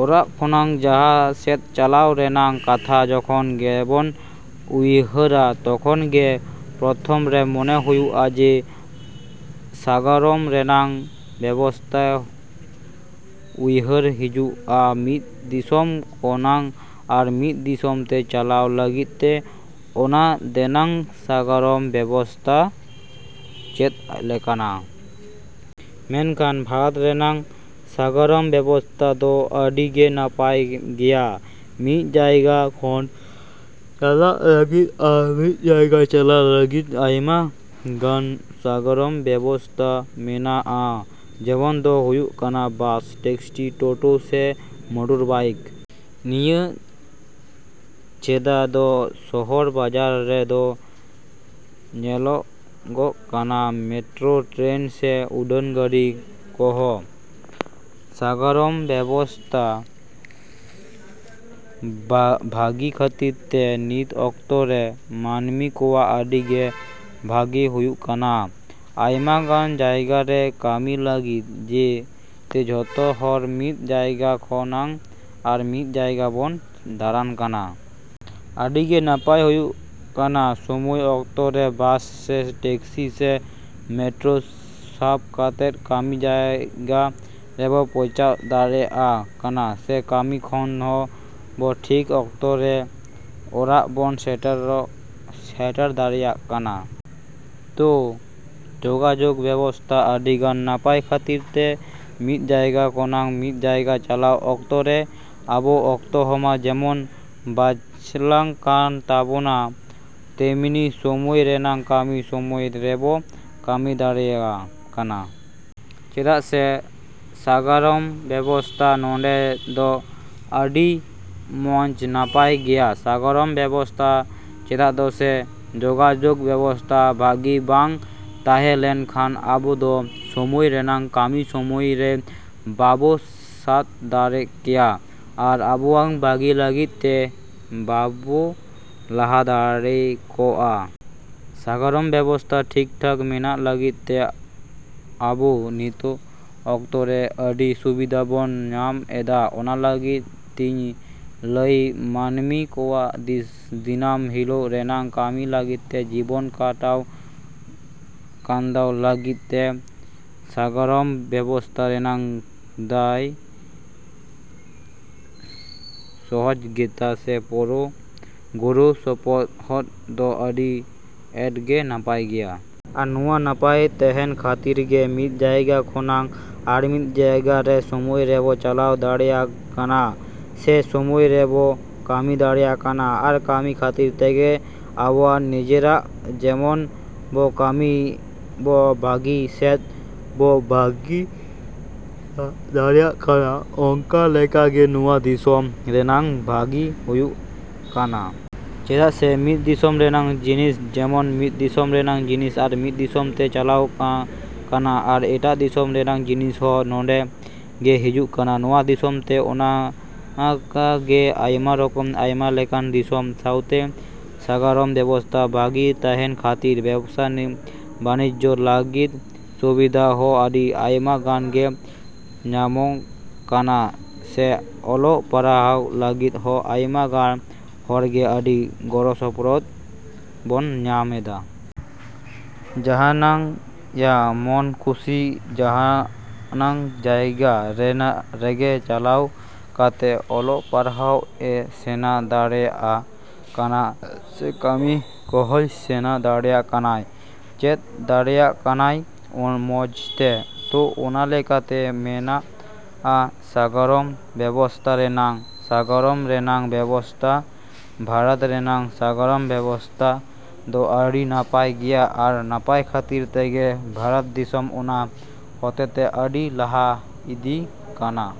ᱚᱲᱟᱜ ᱠᱷᱚᱱᱟᱜ ᱡᱟᱦᱟᱸ ᱥᱮᱫ ᱪᱟᱞᱟᱜ ᱨᱮᱭᱟᱜ ᱠᱟᱛᱷᱟ ᱡᱚᱠᱷᱚᱱ ᱜᱮᱵᱚᱱ ᱩᱭᱦᱟᱹᱨᱟ, ᱛᱚᱠᱷᱚᱱ ᱜᱮ ᱯᱨᱚᱛᱷᱚᱢ ᱨᱮ ᱢᱚᱱᱮ ᱦᱩᱭᱩᱜᱼᱟ ᱡᱮ ᱥᱟᱜᱟᱲᱚᱢ ᱨᱮᱭᱟᱜ ᱵᱮᱵᱚᱥᱛᱷᱟ ᱩᱭᱦᱟᱹᱨ ᱦᱤᱡᱩᱜᱼᱟ᱾ ᱢᱤᱫ ᱫᱤᱥᱚᱢ ᱠᱷᱚᱱᱟᱜ ᱟᱨ ᱢᱤᱫ ᱫᱤᱥᱚᱢ ᱛᱮ ᱪᱟᱞᱟᱜ ᱞᱟᱹᱜᱤᱫ ᱛᱮ ᱚᱸᱰᱮᱱᱟᱜ ᱥᱟᱜᱟᱲᱚᱢ ᱵᱮᱵᱚᱥᱛᱷᱟ ᱪᱮᱫ ᱞᱮᱠᱟᱱᱟ? ᱢᱮᱱᱠᱷᱟᱱ ᱵᱷᱟᱨᱚᱛ ᱨᱮᱭᱟᱜ ᱥᱟᱜᱟᱲᱚᱢ ᱵᱮᱵᱚᱥᱛᱷᱟ ᱫᱚ ᱟᱹᱰᱤ ᱜᱮ ᱱᱟᱯᱟᱭ ᱜᱮᱭᱟ᱾ ᱢᱤᱫ ᱡᱟᱭᱜᱟ ᱠᱷᱚᱱ ᱪᱟᱞᱟᱜ ᱞᱟᱹᱜᱤᱫ ᱟᱨ ᱢᱤᱫ ᱡᱟᱭᱜᱟ ᱪᱟᱞᱟᱜ ᱞᱟᱹᱜᱤᱫ ᱟᱭᱢᱟ ᱜᱟᱱ ᱥᱟᱜᱟᱲᱚᱢ ᱵᱮᱵᱚᱥᱛᱷᱟ ᱢᱮᱱᱟᱜᱼᱟ᱾ ᱡᱮᱢᱚᱱ ᱫᱚ ᱦᱩᱭᱩᱜ ᱠᱟᱱᱟ ᱵᱟᱥ, ᱴᱮᱠᱥᱤ, ᱴᱚᱴᱚ ᱥᱮ ᱢᱚᱴᱚᱨᱵᱟᱭᱤᱠ᱾ ᱱᱤᱭᱟᱹ ᱪᱷᱟᱲᱟ ᱦᱚᱸ ᱥᱚᱦᱚᱨ ᱵᱟᱡᱟᱨ ᱨᱮ ᱫᱚ ᱧᱮᱞᱚᱜᱚᱜ ᱠᱟᱱᱟ ᱢᱮᱴᱨᱚ ᱴᱨᱮᱱ ᱥᱮ ᱩᱰᱟᱹᱱ ᱜᱟᱹᱰᱤ ᱠᱚᱦᱚᱸ᱾ ᱥᱟᱜᱟᱲᱚᱢ ᱵᱮᱵᱚᱥᱛᱷᱟ ᱵᱷᱟᱹᱜᱤ ᱠᱷᱟᱹᱛᱤᱨ ᱛᱮ ᱱᱤᱛ ᱚᱠᱛᱚ ᱨᱮ ᱢᱟᱹᱱᱢᱤ ᱠᱚᱣᱟᱜ ᱟᱹᱰᱤ ᱜᱮ ᱵᱷᱟᱜᱮ ᱦᱩᱭᱩᱜ ᱠᱟᱱᱟ᱾ ᱟᱭᱢᱟ ᱜᱟᱱ ᱡᱟᱭᱜᱟ ᱨᱮ ᱠᱟᱹᱢᱤ ᱞᱟᱹᱜᱤᱫ ᱛᱮ ᱡᱷᱚᱛᱚ ᱦᱚᱲ ᱢᱤᱫ ᱡᱟᱭᱜᱟ ᱠᱷᱚᱱᱟᱜ ᱟᱨ ᱢᱤᱫ ᱡᱟᱭᱜᱟ ᱵᱚᱱ ᱫᱟᱲᱟᱱ ᱠᱟᱱᱟ᱾ ᱟᱹᱰᱤ ᱜᱮ ᱱᱟᱯᱟᱭ ᱦᱩᱭᱩᱜ ᱠᱟᱱᱟ ᱥᱚᱢᱚᱭ ᱚᱠᱛᱚ ᱨᱮ ᱵᱟᱥ ᱥᱮ ᱴᱮᱠᱥᱤ ᱥᱮ ᱢᱮᱴᱨᱚ ᱥᱟᱵ ᱠᱟᱛᱮᱫ ᱠᱟᱹᱢᱤ ᱡᱟᱭᱜᱟ ᱨᱮᱵᱚ ᱯᱚᱪᱷᱟᱣ ᱫᱟᱲᱮᱭᱟᱜ ᱠᱟᱱᱟ ᱥᱮ ᱠᱟᱹᱢᱤ ᱠᱷᱚᱱ ᱦᱚᱸ ᱵᱚ ᱴᱷᱤᱠ ᱚᱠᱛᱚ ᱨᱮ ᱚᱲᱟᱜ ᱵᱚᱱ ᱥᱮᱴᱮᱨ ᱫᱟᱲᱮᱭᱟᱜ ᱠᱟᱱᱟ᱾ ᱛᱚ ᱡᱚᱜᱟᱡᱚᱜᱽ ᱵᱮᱵᱚᱥᱛᱷᱟ ᱟᱹᱰᱤ ᱜᱟᱱ ᱱᱟᱯᱟᱭ ᱠᱷᱟᱹᱛᱤᱨ ᱛᱮ ᱢᱤᱫ ᱡᱟᱭᱜᱟ ᱠᱷᱚᱱᱟᱜ ᱢᱤᱫ ᱡᱟᱭᱜᱟ ᱪᱟᱞᱟᱣ ᱚᱠᱛᱚ ᱨᱮ ᱟᱵᱚ ᱚᱠᱛᱚ ᱦᱚᱸ ᱢᱟ ᱡᱮᱢᱚᱱ ᱵᱟᱪᱞᱟᱜ ᱠᱟᱱ ᱛᱟᱵᱚᱱᱟ ᱛᱮᱢᱱᱤ ᱥᱚᱢᱚᱭ ᱨᱮᱭᱟᱜ ᱠᱟᱹᱢᱤ ᱥᱚᱢᱚᱭ ᱨᱮᱵᱚ ᱠᱟᱹᱢᱤ ᱫᱟᱲᱮᱭᱟᱜ ᱠᱟᱱᱟ᱾ ᱪᱮᱫᱟᱜ ᱥᱮ ᱥᱟᱜᱟᱲᱚᱢ ᱵᱮᱵᱚᱥᱛᱷᱟ ᱱᱚᱰᱮ ᱫᱚ ᱟᱹᱰᱤ ᱢᱚᱸᱡᱽ ᱱᱟᱯᱟᱭ ᱜᱮᱭᱟ᱾ ᱥᱟᱜᱟᱲᱚᱢ ᱵᱮᱵᱚᱥᱛᱷᱟ ᱪᱷᱟᱲᱟ ᱫᱚ ᱥᱮ ᱡᱚᱜᱟᱡᱚᱜᱽ ᱵᱮᱵᱚᱥᱛᱷᱟ ᱵᱷᱟᱹᱜᱤ ᱵᱟᱝ ᱛᱟᱦᱮᱸ ᱞᱮᱱ ᱠᱷᱟᱱ ᱟᱵᱚ ᱫᱚ ᱥᱚᱢᱚᱭ ᱨᱮᱭᱟᱜ ᱠᱟᱹᱢᱤ ᱥᱚᱢᱚᱭ ᱨᱮ ᱵᱟᱵᱚ ᱥᱟᱹᱛ ᱫᱟᱲᱮ ᱠᱮᱭᱟ ᱟᱨ ᱟᱵᱚᱣᱟᱜ ᱵᱷᱟᱹᱜᱤ ᱞᱟᱹᱜᱤᱫ ᱛᱮ ᱵᱟᱵᱚ ᱞᱟᱦᱟ ᱫᱟᱲᱮ ᱠᱚᱜᱼᱟ᱾ ᱥᱟᱜᱟᱲᱚᱢ ᱵᱮᱵᱚᱥᱛᱷᱟ ᱴᱷᱤᱠ ᱴᱷᱟᱠ ᱢᱮᱱᱟᱜ ᱞᱟᱹᱜᱤᱫ ᱛᱮ ᱟᱹᱵᱚ ᱱᱤᱛ ᱚᱠᱛᱚ ᱨᱮ ᱟᱹᱰᱤ ᱥᱩᱵᱤᱫᱷᱟ ᱵᱚᱱ ᱧᱟᱢ ᱮᱫᱟ᱾ ᱚᱱᱟ ᱞᱟᱹᱜᱤᱫ ᱛᱤᱧ ᱞᱟᱹᱭᱟ ᱢᱟᱹᱱᱢᱤ ᱠᱚᱣᱟᱜ ᱫᱤᱱᱟᱹᱢ ᱦᱤᱞᱚᱜ ᱨᱮᱭᱟᱜ ᱠᱟᱹᱢᱤ ᱞᱟᱹᱜᱤᱫ ᱛᱮ, ᱡᱤᱵᱚᱱ ᱠᱷᱟᱴᱟᱣ ᱠᱷᱟᱸᱰᱟᱣ ᱞᱟᱹᱜᱤᱫ ᱛᱮ ᱥᱟᱜᱟᱲᱚᱢ ᱵᱮᱵᱚᱥᱛᱷᱟ ᱨᱮᱭᱟᱜ ᱫᱟᱭ, ᱥᱚᱦᱚᱡᱚᱜᱤᱛᱟ ᱥᱮ ᱜᱚᱲᱚ ᱥᱚᱯᱚᱦᱚᱫ ᱫᱚ ᱟᱹᱰᱤ ᱟᱴ ᱜᱮ ᱱᱟᱯᱟᱭ ᱜᱮᱭᱟ᱾ ᱟᱨ ᱱᱚᱶᱟ ᱱᱟᱯᱟᱭ ᱛᱟᱦᱮᱱ ᱠᱷᱟᱹᱛᱤᱨ ᱜᱮ ᱢᱤᱫ ᱡᱟᱭᱜᱟ ᱠᱷᱚᱱᱟᱜ ᱟᱨ ᱢᱤᱫ ᱡᱟᱭᱜᱟ ᱨᱮ ᱥᱚᱢᱚᱭ ᱨᱮᱵᱚ ᱪᱟᱞᱟᱣ ᱫᱟᱲᱮᱭᱟᱜ ᱠᱟᱱᱟ ᱥᱮ ᱥᱚᱢᱚᱭ ᱨᱮᱵᱚ ᱠᱟᱹᱢᱤ ᱫᱟᱲᱮᱭᱟᱜ ᱠᱟᱱᱟ᱾ ᱟᱨ ᱠᱟᱹᱢᱤ ᱠᱷᱟᱹᱛᱤᱨ ᱛᱮᱜᱮ ᱟᱵᱚᱣᱟᱜ ᱱᱤᱡᱮᱨᱟᱜ ᱡᱮᱢᱚᱱ ᱵᱚ ᱠᱟᱹᱢᱤ ᱵᱚ ᱵᱷᱟᱹᱜᱤ ᱥᱮᱫ ᱵᱚ ᱵᱷᱟᱹᱜᱤ ᱫᱟᱲᱮᱭᱟᱜ ᱠᱟᱱᱟ, ᱚᱱᱠᱟ ᱞᱮᱠᱟ ᱜᱮ ᱱᱚᱶᱟ ᱫᱤᱥᱚᱢ ᱨᱮᱭᱟᱜ ᱵᱷᱟᱹᱜᱤ ᱦᱩᱭᱩᱜ ᱠᱟᱱᱟ᱾ ᱪᱮᱫᱟᱜ ᱥᱮ ᱢᱤᱫ ᱫᱤᱥᱚᱢ ᱨᱮᱭᱟᱜ ᱡᱤᱱᱤᱥ ᱡᱮᱢᱚᱱ ᱢᱤᱫ ᱫᱤᱥᱚᱢ ᱨᱮᱱᱟᱜ ᱡᱤᱱᱤᱥ ᱟᱨ ᱢᱤᱫ ᱫᱤᱥᱚᱢ ᱛᱮ ᱪᱟᱞᱟᱜ ᱠᱟᱱᱟ ᱟᱨ ᱮᱴᱟᱜ ᱫᱤᱥᱚᱢ ᱨᱮᱭᱟᱜ ᱡᱤᱱᱤᱥ ᱦᱚᱸ ᱱᱚᱰᱮ ᱜᱮ ᱦᱤᱡᱩᱜ ᱠᱟᱱᱟ ᱱᱚᱶᱟ ᱫᱤᱥᱚᱢ ᱛᱮ᱾ ᱚᱱᱠᱟ ᱜᱮ ᱟᱭᱢᱟ ᱨᱚᱠᱚᱢ, ᱟᱭᱢᱟ ᱞᱮᱠᱟᱱ ᱫᱤᱥᱚᱢ ᱥᱟᱶᱛᱮ ᱥᱟᱜᱟᱲᱚᱢ ᱵᱮᱵᱚᱥᱛᱷᱟ ᱵᱷᱟᱹᱜᱤ ᱛᱟᱦᱮᱱ ᱠᱷᱟᱹᱛᱤᱨ ᱵᱮᱵᱽᱥᱟ ᱵᱟᱹᱱᱤᱡᱡᱚ ᱞᱟᱹᱜᱤᱫ ᱥᱩᱵᱤᱫᱷᱟ ᱦᱚᱸ ᱟᱹᱰᱤ ᱟᱭᱢᱟ ᱜᱟᱱ ᱜᱮ ᱧᱟᱢᱚᱜ ᱠᱟᱱᱟ ᱥᱮ ᱚᱞᱚᱜ ᱯᱟᱲᱦᱟᱜ ᱞᱟᱹᱜᱤᱫ ᱦᱚᱸ ᱟᱭᱢᱟ ᱜᱟᱱ ᱦᱚᱲ ᱜᱮ ᱟᱹᱰᱤ ᱜᱚᱲᱚ ᱥᱚᱯᱚᱦᱚᱫ ᱵᱚᱱ ᱧᱟᱢ ᱮᱫᱟ᱾ ᱡᱟᱦᱟᱸᱭᱟᱜ ᱢᱚᱱ ᱠᱷᱩᱥᱤ ᱡᱟᱦᱟᱸ ᱡᱟᱭᱜᱟ ᱨᱮᱜᱮ ᱪᱟᱞᱟᱣ ᱠᱟᱛᱮᱫ ᱚᱞᱚᱜ ᱯᱟᱲᱦᱟᱣ ᱮ ᱥᱮᱬᱟ ᱫᱟᱲᱮᱭᱟᱜ ᱠᱟᱱᱟ ᱥᱮ ᱠᱟᱹᱢᱤ ᱠᱚᱦᱚᱸᱭ ᱥᱮᱬᱟ ᱫᱟᱲᱮᱭᱟᱜ ᱠᱟᱱᱟ, ᱪᱮᱫ ᱫᱟᱲᱮᱭᱟᱜ ᱠᱟᱱᱟᱭ ᱢᱚᱸᱡᱽ ᱛᱮ᱾ ᱛᱚ ᱚᱱᱟ ᱞᱮᱠᱟ ᱛᱮ ᱢᱮᱱᱟᱜᱼᱟ ᱥᱟᱜᱟᱲᱚᱢ ᱵᱮᱵᱚᱥᱛᱷᱟ ᱨᱮᱭᱟᱜ ᱥᱟᱜᱟᱲᱚᱢ ᱨᱮᱭᱟᱜ ᱵᱮᱵᱚᱥᱛᱷᱟ ᱵᱷᱟᱨᱚᱛ ᱨᱮᱭᱟᱜ ᱥᱟᱜᱟᱲᱚᱢ ᱵᱮᱵᱚᱥᱛᱷᱟ ᱫᱚ ᱟᱹᱰᱤ ᱱᱟᱯᱟᱭ ᱜᱮᱭᱟ ᱟᱨ ᱱᱟᱯᱟᱭ ᱠᱷᱟᱹᱛᱤᱨ ᱛᱮᱜᱮ ᱵᱷᱟᱨᱚᱛ ᱫᱤᱥᱚᱢ ᱚᱱᱟ ᱦᱚᱛᱮᱛᱮ ᱟᱹᱰᱤ ᱞᱟᱦᱟ ᱤᱫᱤᱜ ᱠᱟᱱᱟ᱾